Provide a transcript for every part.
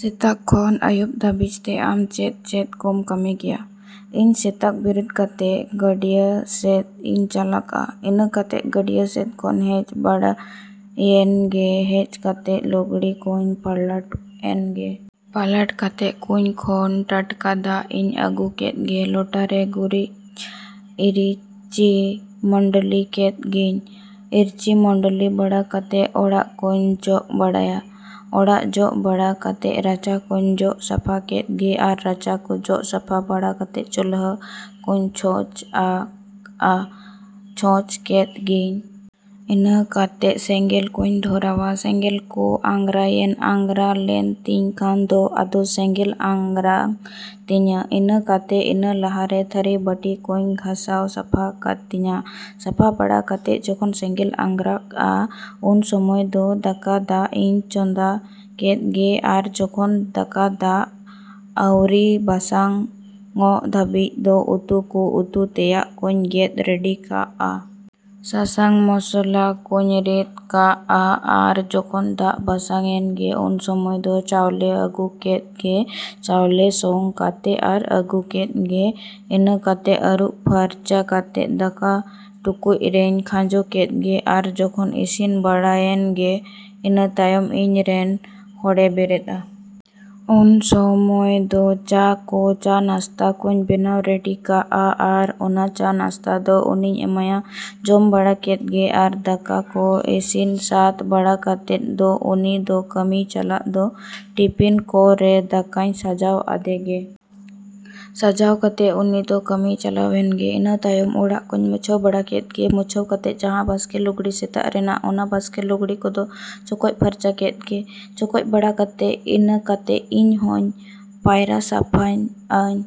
ᱥᱮᱛᱟᱜ ᱠᱷᱚᱱ ᱟᱹᱭᱩᱵ ᱫᱷᱟᱹᱵᱤᱡ ᱛᱮ ᱟᱢ ᱪᱮᱫ ᱪᱮᱫ ᱠᱚᱢ ᱠᱟᱹᱢᱤ ᱜᱮᱭᱟ? ᱤᱧ ᱥᱮᱛᱟᱜ ᱵᱮᱨᱮᱫ ᱠᱟᱛᱮ ᱜᱟᱹᱰᱭᱟᱹ ᱥᱮᱫ ᱤᱧ ᱪᱟᱞᱟᱜᱼᱟ᱾ ᱤᱱᱟᱹ ᱠᱟᱛᱮ ᱜᱟᱹᱰᱭᱟᱹ ᱥᱮᱫ ᱠᱷᱚᱱ ᱦᱮᱡ ᱵᱟᱲᱟᱭᱮᱱ ᱜᱮ ᱦᱮᱡ ᱠᱟᱛᱮ ᱞᱩᱜᱽᱲᱤ ᱠᱚᱹᱧ ᱯᱟᱞᱟᱴ ᱮᱱ ᱜᱮ᱾ ᱯᱟᱞᱟᱴ ᱠᱟᱛᱮ ᱠᱩᱧ ᱠᱷᱚᱱ ᱴᱟᱴᱠᱟ ᱫᱟᱜ ᱤᱧ ᱟᱹᱜᱩ ᱠᱮᱫ ᱜᱮ᱾ ᱞᱚᱴᱟ ᱨᱮ ᱜᱩᱨᱤᱡ ᱤᱨᱪᱤ ᱢᱟᱹᱰᱟᱹᱞᱤ ᱠᱮᱫ ᱜᱤᱧ᱾ ᱤᱨᱪᱤ ᱢᱩᱰᱚᱞᱤ ᱵᱟᱲᱟ ᱠᱟᱛᱮᱜ ᱚᱲᱟᱜ ᱠᱚᱹᱧ ᱡᱚᱜ ᱵᱟᱲᱟᱭᱟ᱾ ᱚᱲᱟᱜ ᱡᱚᱜ ᱵᱟᱲᱟ ᱠᱟᱛᱮ ᱨᱟᱪᱟ ᱠᱚᱹᱧ ᱡᱚᱜ ᱥᱟᱯᱷᱟ ᱠᱮᱫ ᱜᱮ ᱟᱨ ᱨᱟᱪᱟ ᱠᱚ ᱡᱚᱜ ᱥᱟᱯᱷᱟ ᱵᱟᱲᱟ ᱠᱟᱛᱮ ᱪᱩᱞᱦᱟᱹ ᱠᱚᱹᱧ ᱪᱷᱚᱸᱪ ᱟᱜᱼᱟ ᱪᱷᱚᱸᱪ ᱠᱮᱫ ᱜᱤᱧ᱾ ᱤᱱᱟᱹ ᱠᱟᱛᱮᱜ ᱥᱮᱸᱜᱮᱞ ᱠᱚᱧ ᱫᱷᱚᱨᱟᱣᱟ᱾ ᱥᱮᱸᱜᱮᱞ ᱠᱚ ᱟᱸᱜᱽᱨᱟᱭᱮᱱ ᱟᱸᱜᱽᱨᱟ ᱞᱮᱱ ᱛᱤᱧ ᱠᱷᱟᱱ ᱫᱚ ᱟᱫᱚ ᱥᱮᱸᱜᱮᱞ ᱟᱸᱜᱽᱨᱟᱜ ᱛᱤᱧᱟ᱾ ᱤᱱᱟᱹ ᱠᱟᱛᱮ ᱤᱱᱟᱹ ᱞᱟᱦᱟ ᱨᱮ ᱛᱷᱟᱹᱨᱤ ᱵᱟᱹᱴᱤ ᱠᱚᱹᱧ ᱜᱷᱟᱥᱟᱣ ᱥᱟᱯᱷᱟ ᱠᱟᱛᱤᱧᱟ᱾ ᱥᱟᱯᱷᱟ ᱵᱟᱲᱟ ᱠᱟᱛᱮ ᱡᱚᱠᱷᱚᱱ ᱥᱮᱸᱜᱮᱞ ᱟᱸᱜᱽᱨᱟᱜᱼᱟ ᱩᱱ ᱥᱚᱢᱚᱭ ᱫᱚ ᱫᱟᱠᱟ ᱫᱟᱜ ᱤᱧ ᱪᱚᱸᱫᱟ ᱠᱮᱫ ᱜᱮ ᱟᱨ ᱡᱚᱠᱷᱚᱱ ᱫᱟᱠᱟ ᱫᱟᱜ ᱟᱹᱣᱨᱤ ᱵᱟᱥᱟᱝ ᱚᱜ ᱫᱷᱟᱹᱵᱤᱡ ᱫᱚ ᱩᱛᱩ ᱠᱚ ᱩᱛᱩ ᱛᱮᱭᱟᱜ ᱠᱚᱹᱧ ᱜᱮᱫ ᱨᱮᱰᱤ ᱠᱟᱜᱼᱟ᱾ ᱥᱟᱥᱟᱝ ᱢᱚᱥᱞᱟ ᱠᱚᱧ ᱨᱤᱫ ᱠᱟᱜᱼᱟ ᱟᱨ ᱡᱚᱠᱷᱚᱱ ᱫᱟᱜ ᱵᱟᱥᱟᱝ ᱮᱱ ᱜᱮ ᱩᱱ ᱥᱚᱢᱚᱭ ᱫᱚ ᱪᱟᱣᱞᱮᱧ ᱟᱹᱜᱩ ᱠᱮᱫ ᱜᱮ᱾ ᱪᱟᱣᱞᱮ ᱥᱚᱝ ᱠᱟᱛᱮᱜ ᱟᱨ ᱟᱹᱜᱩ ᱠᱮᱫ ᱜᱮ᱾ ᱤᱱᱟᱹ ᱠᱟᱛᱮᱜ ᱟᱹᱨᱩᱵ ᱯᱷᱟᱨᱪᱟ ᱠᱟᱛᱮ ᱫᱟᱠᱟ ᱴᱩᱠᱩᱪ ᱨᱮᱧ ᱠᱷᱟᱸᱡᱚ ᱠᱮᱫ ᱜᱮ ᱟᱨ ᱡᱚᱠᱷᱚᱱ ᱤᱥᱤᱱ ᱵᱟᱲᱟᱭᱮᱱ ᱜᱮ ᱤᱱᱟᱹ ᱛᱟᱭᱚᱢ ᱤᱧ ᱨᱮᱱ ᱦᱚᱲᱮ ᱵᱮᱨᱮᱫᱼᱟ᱾ ᱩᱱ ᱥᱚᱢᱚᱭ ᱫᱚ ᱪᱟ ᱠᱚ ᱪᱟ ᱱᱟᱥᱛᱟ ᱠᱚᱹᱧ ᱵᱮᱱᱟᱣ ᱨᱮᱰᱤ ᱠᱟᱜᱼᱟ᱾ ᱟᱨ ᱚᱱᱟ ᱪᱟ ᱱᱟᱥᱛᱟ ᱫᱚ ᱩᱱᱤᱧ ᱮᱢᱟᱭᱟ᱾ ᱡᱚᱢ ᱵᱟᱲᱟ ᱠᱮᱫ ᱜᱮ ᱟᱨ ᱫᱟᱠᱟ ᱠᱚ ᱤᱥᱤᱱ ᱥᱟᱹᱛ ᱵᱟᱲᱟ ᱠᱟᱛᱮᱜ ᱫᱚ ᱩᱱᱤ ᱫᱚ ᱠᱟᱹᱢᱤᱭ ᱪᱟᱞᱟᱜ ᱫᱚ ᱴᱤᱯᱤᱱ ᱠᱚ ᱨᱮᱫ ᱫᱟᱠᱟᱧ ᱥᱟᱡᱟᱣ ᱟᱫᱮ ᱜᱮ᱾ ᱥᱟᱡᱟᱣ ᱠᱟᱛᱮ ᱩᱱᱤ ᱫᱚ ᱠᱟᱹᱢᱤᱭ ᱪᱟᱞᱟᱣ ᱮᱱ ᱜᱮ᱾ ᱤᱱᱟᱹ ᱛᱟᱭᱚᱢ ᱚᱲᱟᱜ ᱠᱚᱧ ᱢᱩᱪᱷᱟᱹᱣ ᱵᱟᱲᱟ ᱠᱮᱫ ᱜᱮ᱾ ᱢᱩᱪᱷᱟᱹᱣ ᱠᱟᱛᱮ ᱡᱟᱦᱟᱸ ᱵᱟᱥᱠᱮ ᱞᱩᱜᱽᱲᱤ ᱥᱮᱛᱟᱜ ᱨᱮᱱᱟᱜ ᱚᱱᱟ ᱵᱟᱥᱠᱮ ᱞᱩᱜᱽᱲᱤ ᱠᱚᱫᱚ ᱪᱚᱠᱚᱡ ᱯᱷᱟᱨᱪᱟ ᱠᱮᱫ ᱜᱮ᱾ ᱪᱚᱠᱚᱡ ᱵᱟᱲᱟ ᱠᱟᱛᱮ ᱤᱱᱟᱹ ᱠᱟᱛᱮ ᱤᱧ ᱦᱚᱸᱧ ᱯᱟᱭᱨᱟ ᱥᱟᱯᱷᱟᱧ ᱟᱹᱧ᱾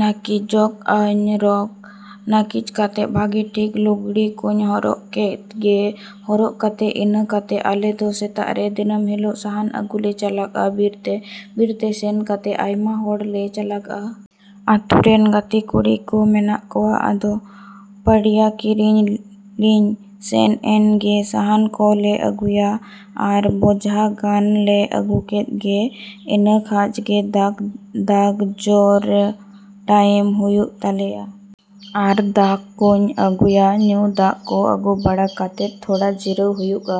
ᱱᱟᱹᱠᱤᱡᱚᱜ ᱟᱹᱧ ᱨᱚᱜ ᱱᱟᱹᱠᱤᱡ ᱠᱟᱛᱮ ᱵᱷᱟᱹᱜᱤ ᱴᱷᱤᱠ ᱞᱩᱜᱽᱲᱤᱡ ᱠᱚᱧ ᱦᱚᱨᱚᱜ ᱠᱮᱫ ᱜᱮ᱾ ᱦᱚᱨᱚᱜ ᱠᱟᱛᱮᱜ ᱤᱱᱟᱹ ᱠᱟᱛᱮᱜ ᱟᱞᱮ ᱫᱚ ᱥᱮᱛᱟᱜ ᱨᱮ ᱫᱤᱱᱟᱹᱢ ᱦᱤᱞᱳᱜ ᱥᱟᱦᱟᱱ ᱟᱹᱜᱩ ᱞᱮ ᱪᱟᱞᱟᱜᱼᱟ ᱵᱤᱨ ᱛᱮ᱾ ᱵᱤᱨ ᱛᱮ ᱥᱮᱱ ᱠᱟᱛᱮᱜ ᱟᱭᱢᱟ ᱦᱚᱲ ᱞᱮ ᱪᱟᱞᱟᱜᱼᱟ᱾ ᱟᱹᱛᱩ ᱨᱮᱱ ᱜᱟᱛᱮ ᱠᱩᱲᱤ ᱠᱚ ᱢᱮᱱᱟᱜ ᱠᱚᱣᱟ᱾ ᱟᱫᱚ ᱯᱟᱹᱲᱭᱟᱹ ᱠᱤᱨᱤᱧ ᱞᱤᱧ ᱥᱮᱱ ᱮᱱ ᱜᱮ᱾ ᱥᱟᱦᱟᱱ ᱠᱚ ᱞᱮ ᱟᱹᱜᱩᱭᱟ᱾ ᱵᱟᱨ ᱵᱚᱡᱷᱟ ᱜᱟᱱ ᱞᱮ ᱟᱹᱜᱩ ᱠᱮᱫ ᱜᱮ᱾ ᱤᱱᱟᱹ ᱠᱷᱟᱡ ᱜᱮ ᱫᱟᱜ ᱫᱟᱜ ᱡᱚᱨᱚ ᱴᱟᱭᱤᱢ ᱦᱩᱭᱩᱜ ᱛᱟᱞᱮᱭᱟ᱾ ᱟᱨ ᱫᱟᱜ ᱠᱚᱹᱧ ᱟᱹᱜᱩᱭᱟ, ᱧᱩ ᱫᱟᱜ ᱠᱚ᱾ ᱟᱹᱜᱩ ᱵᱟᱲᱟ ᱠᱟᱛᱮᱜ ᱛᱷᱚᱲᱟ ᱡᱤᱨᱟᱹᱣ ᱦᱩᱭᱩᱜ-ᱟ᱾